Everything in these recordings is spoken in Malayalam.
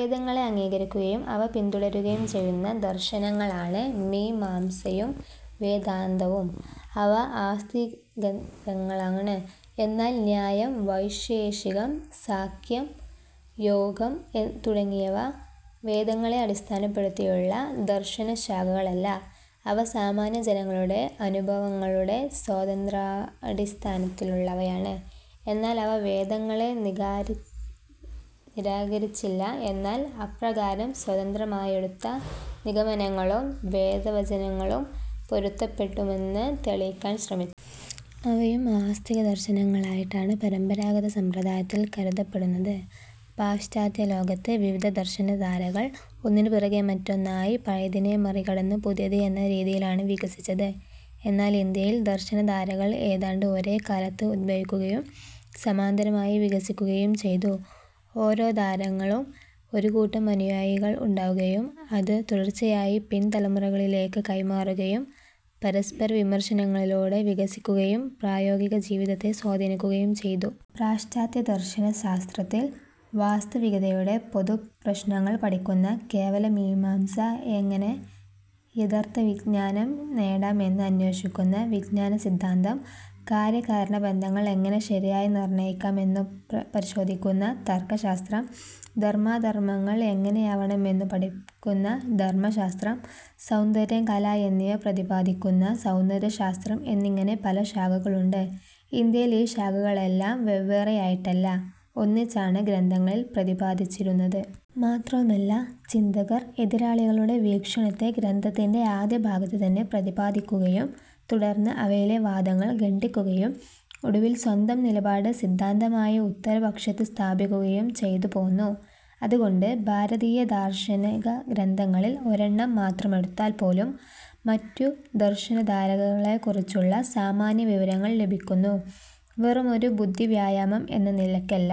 വേദങ്ങളെ അംഗീകരിക്കുകയും അവ പിന്തുടരുകയും ചെയ്യുന്ന ദർശനങ്ങളാണ്, മീമാംസയും വേദാന്തവും. അവ ആസ്തികദര്ങ്ങളാണ്. എന്നാൽ ന്യായം, വൈശേഷികം, സാംഖ്യം, യോഗം തുടങ്ങിയവ വേദങ്ങളെ അടിസ്ഥാനപ്പെടുത്തിയുള്ള ദർശനശാഖകളല്ല. അവ സാമാന്യജനങ്ങളുടെ അനുഭവങ്ങളുടെ സ്വതന്ത്രാടിസ്ഥാനത്തിലുള്ളവയാണ്. എന്നാൽ അവ വേദങ്ങളെ നിരാകരിച്ചില്ല, എന്നാൽ അപ്രകാരം സ്വതന്ത്രമായെടുത്ത നിഗമനങ്ങളും, വേദവചനങ്ങളും പൊരുത്തപ്പെടുമെന്ന് തെളിയിക്കാൻ ശ്രമിച്ചു. അവയും ആസ്തികദർശനങ്ങളായിട്ടാണ് പരമ്പരാഗത സമ്പ്രദായത്തിൽ, കരുതപ്പെടുന്നത്. പാശ്ചാത്യലോകത്ത്, വിവിധ ദർശനധാരകൾ, ഒന്നിനു പിറകേ മറ്റോന്നായി, പഴയതിനെ മറികടന്നു പുതിയത് എന്ന രീതിയിലാണു വികസിച്ചത്. എന്നാൽ ഇന്ത്യയിൽ, ദർശനധാരകൾ ഏതാണ്ട് ഒരേ കാലത്ത് ഉത്ഭവിക്കുകയും സമാന്തരമായി വികസിക്കുകയും ചെയ്തു. ഒരോ ധാരകളും ഒരു കൂട്ടം അനുയായികൾ ഉണ്ടാവുകയും അത് തുടർച്ചയായി പിൻതലമുറകളിലേക്കു കൈമാറുകയും പരസ്പരവിമർശനങ്ങളിലൂടെ വികസിക്കുകയും പ്രായോഗികജീവിതത്തെ സ്വാധീനിക്കുകയും ചെയ്തു. പാശ്ചാത്യദർശനശാസ്ത്രത്തിൽ, വാസ്തവികതയുടെ പൊതുപ്രശ്നങ്ങൾ പഠിക്കുന്ന കേവലമീമാംസ, എങ്ങനെ യ്ഥർത്ഥവിജ്ഞാനം നേടാം എന്ന് അന്വേഷിക്കുന്ന വിഞ്ജാനസിദ്ധാന്തം, കാര്യകാരണബന്ധങ്ങൾ എങ്ങനെ ശരിയായി നിർണയിക്കാം എന്നു പരിശോധിക്കുന്ന തർക്കശാസ്ത്രം, ധർമ്മാധർമ്മങ്ങൾ എങ്ങനെയാവണം എന്നു പഠിക്കുന്ന ധർമ്മശാസ്ത്രം, സൌന്ദര്യം, കല എന്നിവ പ്രതിപാദിക്കുന്ന സൌന്ദര്യശാസ്ത്രം എന്നിങ്ങനെ പല ശാഖകളുണ്ട്. ഇന്ത്യയിൽ ഈ ശാഖകളെല്ലാം വെവ്വേറെയായിട്ടല്ല, ഒന്നിച്ചാണ് ഗ്രന്ഥങ്ങളിൽ പ്രതിപാദിച്ചിരുന്നത്. മാത്രവുമല്ല, ചിന്തകർ എതിരാളികളുടെ വീക്ഷണത്തെ ഗ്രന്ഥത്തിൻറെ ആദ്യഭാഗത്ത് തന്നെ പ്രതിപാദിക്കുകയും, തുടർന്ന് അവയിലെ വാദങ്ങൾ ഖണ്ഡിക്കുകയും ഒടുവിൽ സ്വന്തം നിലപാട് സിദ്ധാന്തമായി ഉത്തരപക്ഷത്ത് സ്ഥാപിക്കുകയും ചെയ്തു പോന്നു. അതുകൊണ്ട്, ഭാരതീയദാർശനികഗ്രന്ഥങ്ങളിൽ ഒരെണ്ണം മാത്രമെടുത്താൽ പോലും മറ്റു ദർശനധാരകളെക്കുറിച്ചുള്ള സാമാന്യവിവരങ്ങൾ ലഭിക്കുന്നു. വെറുമൊരു ബുദ്ധിവ്യായാമം എന്ന നിലയ്ക്കല്ല,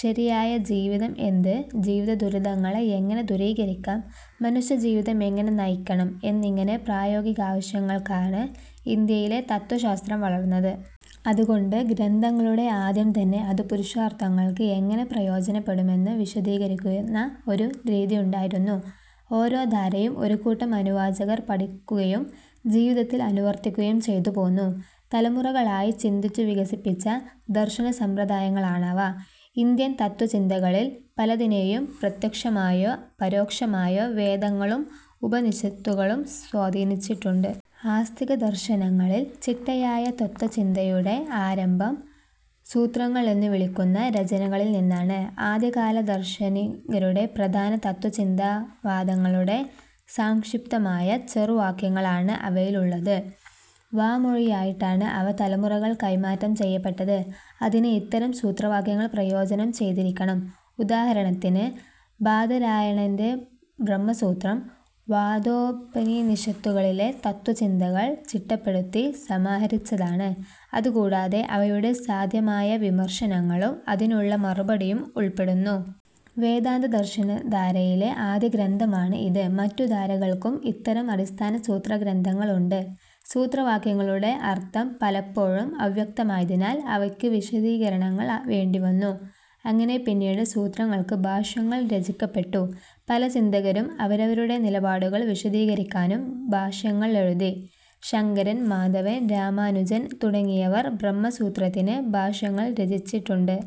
ശരിയായ ജീവിതം എന്ത്, ജീവിതദുരിതങ്ങളെ എങ്ങനെ ദൂരീകരിക്കാം, മനുഷ്യജീവിതം എങ്ങനെ നയിക്കണം എന്നിങ്ങനെ, പ്രായോഗികാവശ്യങ്ങൾക്കായാണ് ഇന്ത്യയിലെ തത്ത്വശാസ്ത്രം വളർന്നത്. അതുകൊണ്ട്, ഗ്രന്ഥങ്ങളുടെ ആദ്യം തന്നെ അത് പുരുഷാർത്ഥങ്ങൾക്ക് എങ്ങനെ പ്രയോജനപെടും എന്നു വിശദീകരിക്കുന്ന ഒരു രീതിയുണ്ടായിരുന്നു. ഒരോ ധാരയും ഒരു കൂട്ടം അനുവാചകർ പഠിക്കുകയും ജീവിതത്തിൽ അനുവർത്തിക്കുകയും ചെയ്തു പോന്നു. തലമുറകളായി ചിന്തിച്ചു വികസിപ്പിച്ച ദർശനസമ്പ്രദായങ്ങളാണ് അവ. ഇന്ത്യൻ തത്ത്വചിന്തകളിൽ പലതിനെയും പ്രത്യക്ഷമായോ പരോക്ഷമായോ, വേദങ്ങളും ഉപനിഷത്തുകളും സ്വാധീനിച്ചിട്ടുണ്ട്. ആസ്തികദർശനങ്ങളിൽ, ചിട്ടയായ തത്ത്വചിന്തയുടെ ആരഭം, "സൂത്രങ്ങൾ" എന്നു വിളിക്കുന്ന രചനകളിൽ നിന്നാണ്. ആദ്യകാലദാർശനികരുടെ പ്രധാന തത്ത്വചിന്താവാദങ്ങളുടെ സാംക്ഷിപ്തമായ ചെറുവാക്യങ്ങളാണ് അവയിലുള്ളത്. വാമൊഴിയായിട്ടാണ് അവ തലമുറകൾ കൈമാറ്റം ചെയ്യപ്പെട്ടത്. അതിന് ഇത്തരം സൂത്രവാക്യങ്ങൾ പ്രയോജനം ചെയ്തിരിക്കണം. ഉദാഹരണത്തിന് ബാദരായണൻറെ ബ്രഹ്മസൂത്രം, വേദോപനിഷത്തുകളിലെ തത്ത്വചിന്തകൾ ചിട്ടപ്പെടുത്തി സമാഹരിച്ചതാണ്. അതുകൂടാതെ, അവയുടെ സാധ്യമായ വിമർശനങ്ങളും, അതിനുള്ള മറുപടികളും ഉൾപ്പെടുന്നു. വേദാന്തദർശനധാരയിലെ ആദ്യഗ്രന്ഥമാണ് ഇത്. മറ്റു ധാരകൾക്കും ഇത്തരം അടിസ്ഥാന സൂത്രഗ്രന്ഥങ്ങളുണ്ട്. സൂത്രവാക്യങ്ങളുടെ അർത്ഥം പലപ്പോഴും അവ്യക്തമായതിനാൽ, അവയ്ക്ക് വിശദീകരണങ്ങൾ വേണ്ടിവന്നു. അങ്ങനെ പിന്നീട്, സൂത്രങ്ങൾക്ക് ഭാഷ്യങ്ങൾ രചിക്കപ്പെട്ടു. പല ചിന്തകരും അവരവരുടെ നിലപാടുകൾ വിശദീകരിക്കാനും ഭാഷ്യങ്ങൾ എഴുതി. ശങ്കരൻ, മാധവൻ, രാമാനുജൻ തുടങ്ങിയവർ ബ്രഹ്മസൂത്രത്തിന് ഭാഷ്യങ്ങൾ രചിച്ചിട്ടുണ്ട്.